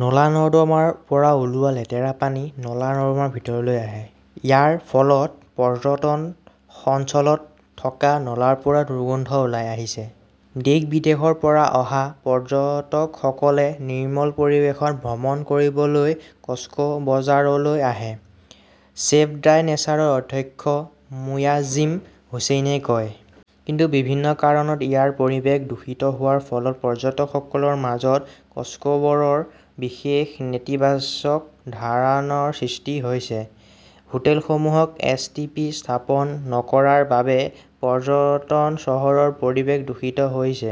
নলা-নৰ্দমাৰ পৰা ওলোৱা লেতেৰা পানী নলা-নৰ্দমাৰ ভিতৰলৈ আহে। ইয়াৰ ফলত পৰ্যটন অঞ্চলত থকা নলাৰ পৰা দুৰ্গন্ধ ওলাই আহিছে। দেশ-বিদেশৰ পৰা অহা পৰ্যটকসকলে নিৰ্মল পৰিৱেশত ভ্ৰমণ কৰিবলৈ কক্সবাজাৰলৈ আহে, চেভ দ্য নেচাৰৰ অধ্যক্ষ মোয়াজ্জেম হোছেইনে কয়। কিন্তু বিভিন্ন কাৰণত ইয়াৰ পৰিৱেশ দূষিত হোৱাৰ ফলত পৰ্যটকসকলৰ মাজত কক্সবৰৰ বিষয়ে নেতিবাচক ধাৰণাৰ সৃষ্টি হৈছে। হোটেলসমূহত এছ. টি. পি. স্থাপন নকৰাৰ বাবে পৰ্যটন চহৰৰ পৰিৱেশ দূষিত হৈছে।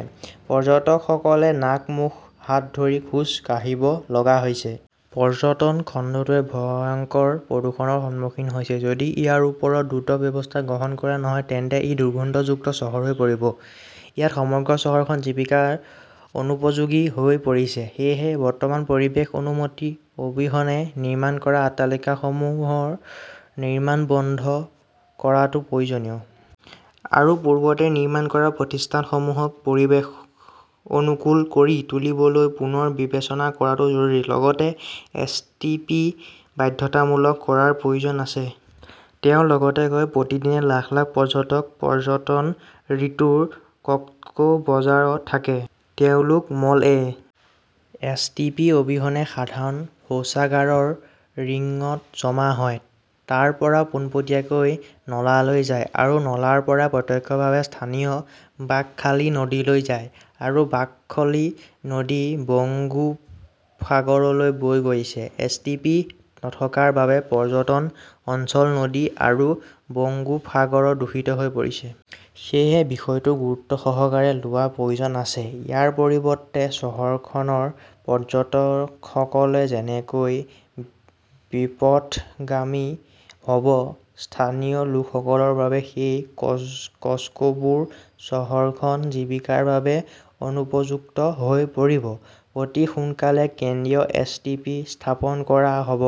পৰ্যটকসকলে নাক-মুখত হাত ধৰি খোজ কাঢ়িব লগা হৈছে। পৰ্যটন খণ্ডটোৱে ভয়ংকৰ প্ৰদূষণৰ সন্মুখীন হৈছে। যদি ইয়াৰ ওপৰত দ্ৰুত ব্যৱস্থা গ্ৰহণ কৰা নহয় তেন্তে ই দুৰ্গন্ধযুক্ত চহৰ হৈ পৰিব। ইয়াত সমগ্ৰ চহৰখন জীৱিকাৰ অনুপযোগী হৈ পৰিছে। সেয়েহে, বৰ্তমান পৰিৱেশ অনুমতি অবিহনে নিৰ্মাণ কৰা অট্টালিকাসমূহৰ নিৰ্মাণ বন্ধ কৰাটো প্ৰয়োজনীয়। আৰু পূৰ্বতে নিৰ্মাণ কৰা প্ৰতিষ্ঠানসমূহক পৰিৱেশ অনুকূল কৰি তুলিবলৈ পুনৰ বিবেচনা কৰাটো জৰুৰী। লগতে এছ. টি. পি. বাধ্যতামূলক কৰাৰ প্ৰয়োজন আছে। তেওঁ লগতে কয়, প্ৰতিদিনে লাখ লাখ পৰ্যটক পৰ্যটন ঋতুত কক্সবাঝাৰত থাকে। তেওঁলোকৰ মল এ. এছ. টি. পি. অবিহনে সাধাৰণ শৌচাগাৰৰ ৰিঙত জমা হয়। তাৰ পৰা পোনপটীয়াকৈ নালালৈ যায়। আৰু নলাৰ পৰা প্ৰত্যক্ষভাৱে স্থানীয় বাঁকখালী নদীলৈ যায়। আৰু বাকখলী নদী বংগোপসাগৰলৈ বৈ গৈছে। এছ. টি. পি. নথকাৰ বাবে পৰ্যটন, অঞ্চল, নদী আৰু বংগোপসাগৰ দূষিত হৈ পৰিছে। সেয়েহে বিষয়টো গুৰুত্বসহকাৰে লোৱাৰ প্ৰয়োজন আছে। ইয়াৰ পৰিৱৰ্তে, চহৰখনৰ পৰ্যটকসকল যেনেকৈ বিপথগামী হ'ব, স্থানীয় লোকসকলৰ বাবে এই কক্সবুৰ চহৰখন জীৱিকাৰ বাবে অনুপযুক্ত হৈ পৰিব। অতি সোনকালেই কেন্দ্ৰীয় এছ. টি. পি. স্থাপন কৰা হ'ব,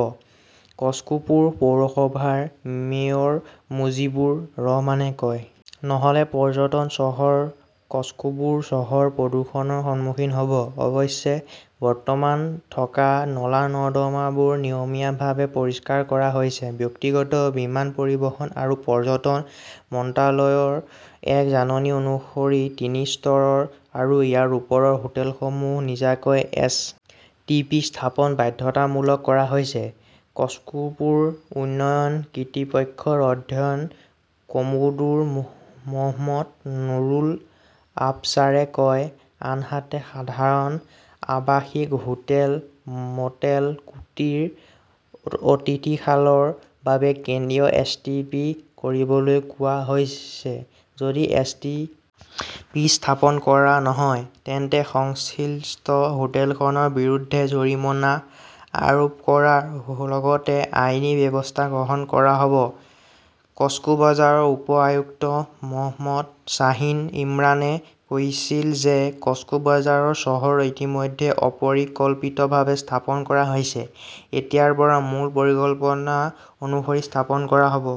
কক্সপুৰ পৌৰসভাৰ মেয়ৰ মুজিবুৰ ৰহমানে কয়। নহ'লে পৰ্যটন চহৰ কক্সবুৰ চহৰ প্ৰদূষণৰ সন্মুখীন হ'ব। অৱশ্যে, বৰ্তমান থকা নলা-নৰ্দমাবোৰ নিয়মীয়াভাৱে পৰিষ্কাৰ কৰা হৈছে। ব্যক্তিগত বিমান পৰিবহণ আৰু পৰ্যটন মন্ত্ৰালয়ৰ এক জাননী অনুসৰি তিনি স্তৰৰ আৰু ইয়াৰ ওপৰৰ হোটেলসমূহত নিজাকৈ এছ. টি. পি. স্থাপন বাধ্যতামূলক কৰা হৈছে, কক্সপুৰ উন্নয়ন কৰ্তৃপক্ষৰ অধ্যক্ষ কমোডোৰ মহম্মদ নুৰুল আবচাৰে কয়। আনহাতে, সাধাৰণ আৱাসিক হোটেল, মটেল, কুটিৰ, অতিথিশালাৰ বাবে কেন্দ্ৰীয় এছ. টি. পি. কৰিবলৈ কোৱা হৈছে। যদি এছ. টি. পি. স্থাপন কৰা নহয়, তেন্তে সংশ্লিষ্ট হোটেলখনৰ বিৰুদ্ধে জৰিমনা আৰোপ কৰাৰ লগতে আইনী ব্যৱস্থা গ্ৰহণ কৰা হ 'ব। কক্সবাজাৰৰ উপ-আয়ুক্ত মহম্মদ শ্বাহিন ইমৰানে কৈছিল যে কক্সবাজাৰ চহৰ ইতিমধ্যে অপৰিকল্পিতভাৱে স্থাপন কৰা হৈছে। এতিয়াৰ পৰা মূল পৰিকল্পনা অনুসৰি স্থাপন কৰা হ'ব।